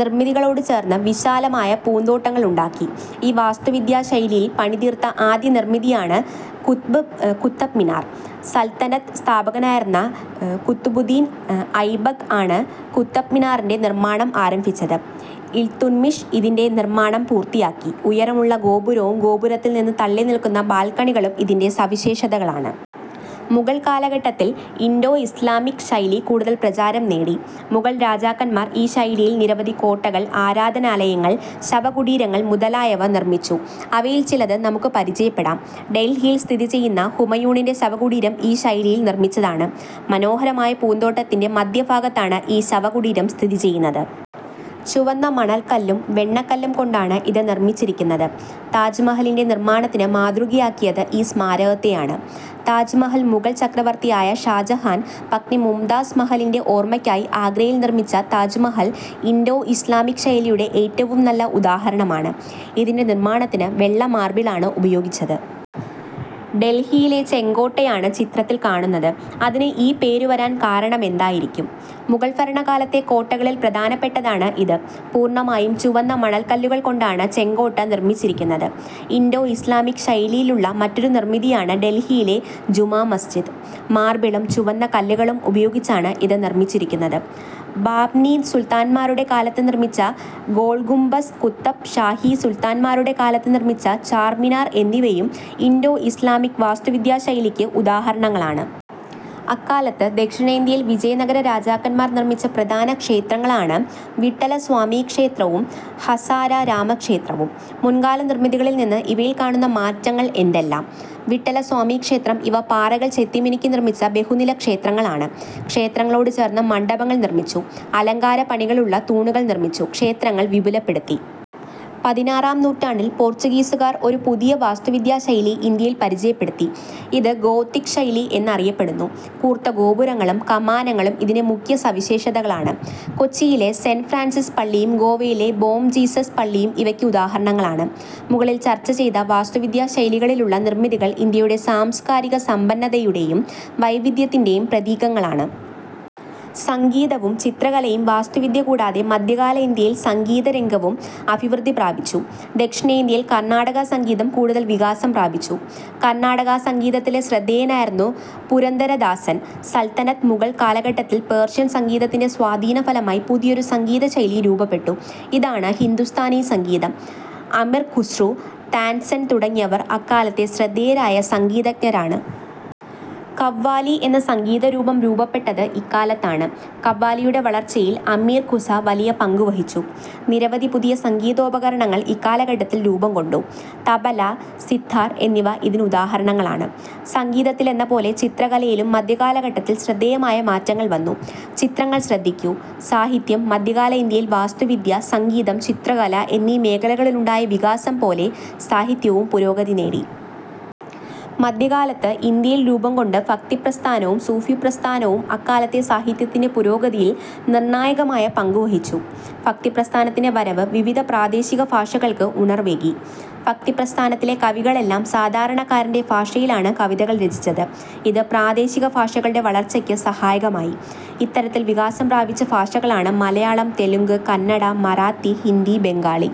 നിർമിതികളോടു ചേർന്ന് വിശാലമായ പൂന്തോട്ടങ്ങളുണ്ടാക്കി. ഈ വാസ്തുവിദ്യാ ശൈലിയിൽ പണിതീർത്ത ആദ്യ നിർമ്മിതിയാണ് കുത്ത്ബ് മിനാർ. സൽത്തനത്ത് സ്ഥാപകനായിരുന്ന കുത്തുബുദ്ദീൻ ഐബക് ആണ് കുത്ത്ബ് മിനാറിന്റെ നിർമാണം ആരംഭിച്ചത്. ഇൽതുത്മിഷ് ഇതിന്റെ നിർമാണം പൂർത്തിയാക്കി. ഉയരമുള്ള ഗോപുരവും ഗോപുരത്തിൽ നിന്ന് തള്ളിനിൽക്കുന്ന ബാൽക്കണികളും ഇതിന്റെ സവിശേഷതകളാണ്. മുഗൾ കാലഘട്ടത്തിൽ ഇൻഡോ-ഇസ്ലാമിക് ശൈലി കൂടുതൽ പ്രചാരം നേടി. മുഗൾ രാജാക്കന്മാർ ഈ ശൈലിയിൽ നിരവധി കോട്ടകൾ, ആരാധനാലയങ്ങൾ, ശവകുടീരങ്ങൾ മുതലായവ നിർമിച്ചു. അവയിൽ ചിലത് നമുക്ക് പരിചയപ്പെടാം. ഡൽഹിയിൽ സ്ഥിതിചെയ്യുന്ന ഹുമയൂണിന്റെ ശവകുടീരം ഈ ശൈലിയിൽ നിർമിച്ചതാണ്. മനോഹരമായ പൂന്തോട്ടത്തിന്റെ മധ്യ ഭാഗത്താണ് ഈ ശവകുടീരം സ്ഥിതി ചെയ്യുന്നത്. ചുവന്ന മണൽക്കല്ലും വെണ്ണക്കല്ലും കൊണ്ടാണ് ഇത് നിർമിച്ചിരിക്കുന്നത്. താജ്മഹലിന്റെ നിർമാണത്തിന് മാതൃകയാക്കിയത് ഈ സ്മാരകത്തെയാണ്. താജ്മഹൽ മുഗൾ ചക്രവർത്തിയായ ഷാജഹാൻ പത്നി മുംതാസ് മഹലിന്റെ ഓർമയ്ക്കായി ആഗ്രയിൽ നിർമിച്ച താജ്മഹൽ ഇൻഡോ- ഇസ്ലാമിക് ശൈലിയുടെ ഏറ്റവും നല്ല ഉദാഹരണമാണ്. ഇതിന്റെ നിർമാണത്തിന് വെള്ള മാർബിളാണ് ഉപയോഗിച്ചത്. ഡൽഹിയിലെ ചെങ്കോട്ടയാണ് ചിത്രത്തിൽ കാണുന്നത്. അതിന് ഈ പേരു വരാൻ കാരണമെന്തായിരിക്കും? മുഗൾഭരണകാലത്തെ കോട്ടകളിൽ പ്രധാനപ്പെട്ടതാണ് ഇത്. പൂർണമായും ചുവന്ന മണൽക്കല്ലുകൾ കൊണ്ടാണ് ചെങ്കോട്ട നിർമിച്ചിരിക്കുന്നത്. ഇൻഡോ-ഇസ്ലാമിക് ശൈലിയിലുള്ള മറ്റൊരു നിർമിതിയാണ് ഡൽഹിയിലെ ജുമാമസ്ജിദ്. മാർബിളും ചുവന്നകല്ലുകളും ഉപയോഗിച്ചാണ് ഇത് നിർമിച്ചിരിക്കുന്നത്. ബാഹ്മിനി സുൽത്താന്മാരുടെ കാലത്ത് നിർമിച്ച ഗോൾഗുംബസ് കുത്തബ് ഷാഹി സുൽത്താന്മാരുടെ കാലത്ത് നിർമിച്ച ചാർമിനാർ എന്നിവയും ഇൻഡോ ഇസ്ലാമിക് വാസ്തുവിദ്യാശൈലിക്ക് ഉദാഹരണങ്ങളാണ്. അക്കാലത്ത് ദക്ഷിണേന്ത്യയിൽ വിജയനഗര രാജാക്കന്മാർ നിർമിച്ച പ്രധാന ക്ഷേത്രങ്ങളാണ് വിട്ടലസ്വാമിക്ഷേത്രവും ഹസാരരാമക്ഷേ ത്രവും. മുൻകാല നിർമിതികളിൽ നിന്നു ഇവയിൽ കാണുന്ന മാറ്റ ങ്ങൾ എന്തെല്ലാം? വിട്ടലസ്വാമിക്ഷേത്രം ഇവ പാറകൾ ചെത്തിമിനുക്കി നിർമിച്ച ബഹുനില ക്ഷേത്രങ്ങളാണ്. ക്ഷേത്രങ്ങളോടു ചേർന്ന് മണ്ഡപങ്ങൾ നിർമിച്ചു. അലങ്കാരപ്പണികളുള്ള തൂണുകൾ നിർമിച്ചു. ക്ഷേത്രങ്ങൾ വിപുലപ്പെടുത്തി. പതിനാറാം നൂറ്റാണ്ടിൽ പോർച്ചുഗീസുകാർ ഒരു പുതിയ വാസ്തുവിദ്യാശൈലി ഇന്ത്യയിൽ പരിചയപ്പെടുത്തി. ഇത് ഗോഥിക് ശൈലി എന്നറിയപ്പെടുന്നു. കൂർത്ത ഗോപുരങ്ങളും കമാനങ്ങളും ഇതിന്റെ മുഖ്യ സവിശേഷതകളാണ്. കൊച്ചിയിലെ സെന്റ് ഫ്രാൻസിസ് പള്ളിയും ഗോവയിലെ ബോംജീസസ് പള്ളിയും ഇവയ്ക്ക് ഉദാഹരണങ്ങളാണ്. മുകളിൽ ചർച്ച ചെയ്ത വാസ്തുവിദ്യാശൈലികളിലുള്ള നിർമിതികൾ ഇന്ത്യയുടെ സാംസ്കാരിക സമ്പന്നതയുടെയും വൈവിധ്യത്തിന്റെയും പ്രതീകങ്ങളാണ്. സംഗീതവും ചിത്രകലയും വാസ്തുവിദ്യ കൂടാതെ മധ്യകാല ഇന്ത്യയിൽ സംഗീതരംഗവും അഭിവൃദ്ധി പ്രാപിച്ചു. ദക്ഷിണേന്ത്യയിൽ കർണാടകസംഗീതം കൂടുതൽ വികാസം പ്രാപിച്ചു. കർണാടകസംഗീതത്തിലെ ശ്രദ്ധേയനായിരുന്നു പുരന്ദരദാസൻ. സൽത്തനത്ത് മുഗൾ കാലഘട്ടത്തിൽ പേർഷ്യൻ സംഗീതത്തിന്റെ സ്വാധീനഫലമായി പുതിയൊരു സംഗീതശൈലി രൂപപ്പെട്ടു. ഇതാണ് ഹിന്ദുസ്ഥാനിസംഗീതം. അമിർ ഖുസ്രു, താൻസൻ തുടങ്ങിയവർ അക്കാലത്തെ ശ്രദ്ധേയരായ സംഗീതജ്ഞരാണ്. ഖവ്വാലി എന്ന സംഗീതരൂപം രൂപപ്പെട്ടത് ഇക്കാലത്താണ്. ഖവ്വാലിയുടെ വളർച്ചയിൽ അമീർ ഖുസ വലിയ പങ്കുവഹിച്ചു. നിരവധി പുതിയ സംഗീതോപകരണങ്ങൾ ഇക്കാലഘട്ടത്തിൽ രൂപംകൊണ്ടു. തബല, സിതാർ എന്നിവ ഇതിനു ദാഹരണങ്ങളാണ്. സംഗീതത്തിലെന്നപോലെ ചിത്ര കലയിലും മധ്യകാലഘട്ടത്തിൽ ശ്രദ്ധേയമായ മാറ്റങ്ങൾ വന്നു. ചിത്രങ്ങൾ ശ്രദ്ധിക്കൂ... സാഹിത്യം മധ്യകാല ഇന്ത്യയിൽ വാസ്തു വിദ്യ, സംഗീതം, ചിത്രകല എന്നീ മേഖലകളിലുണ്ടായ വികാസം പോലെ സാഹിത്യവും പുരോഗതി നേടി. മധ്യകാലത്ത് ഇന്ത്യയിൽ രൂപം കൊണ്ട് ഭക്തിപ്രസ്ഥാനവും സൂഫി പ്രസ്ഥാനവും അക്കാലത്തെ സാഹിത്യത്തിന്റെ പുരോഗതിയിൽ നിർണായകമായ പങ്കു വഹിച്ചു. ഭക്തിപ്രസ്ഥാനത്തിന്റെ വരവ് വിവിധ പ്രാദേശികഭാഷകൾക്ക് ഉണർവേകി. ഭക്തിപ്രസ്ഥാനത്തിലെ കവികളെല്ലാം സാധാരണക്കാരന്റെ ഭാഷയിലാണ് കവിതകൾ രചിച്ചത്. ഇത് പ്രാദേശികഭാഷകളുടെ വളർച്ചയ്ക്ക് സഹായകമായി. ഇത്തരത്തിൽ വികാസം പ്രാപിച്ച ഭാഷകളാണ് മലയാളം, തെലുങ്ക്, കന്നഡ, മറാത്തി, ഹിന്ദി, ബംഗാളി.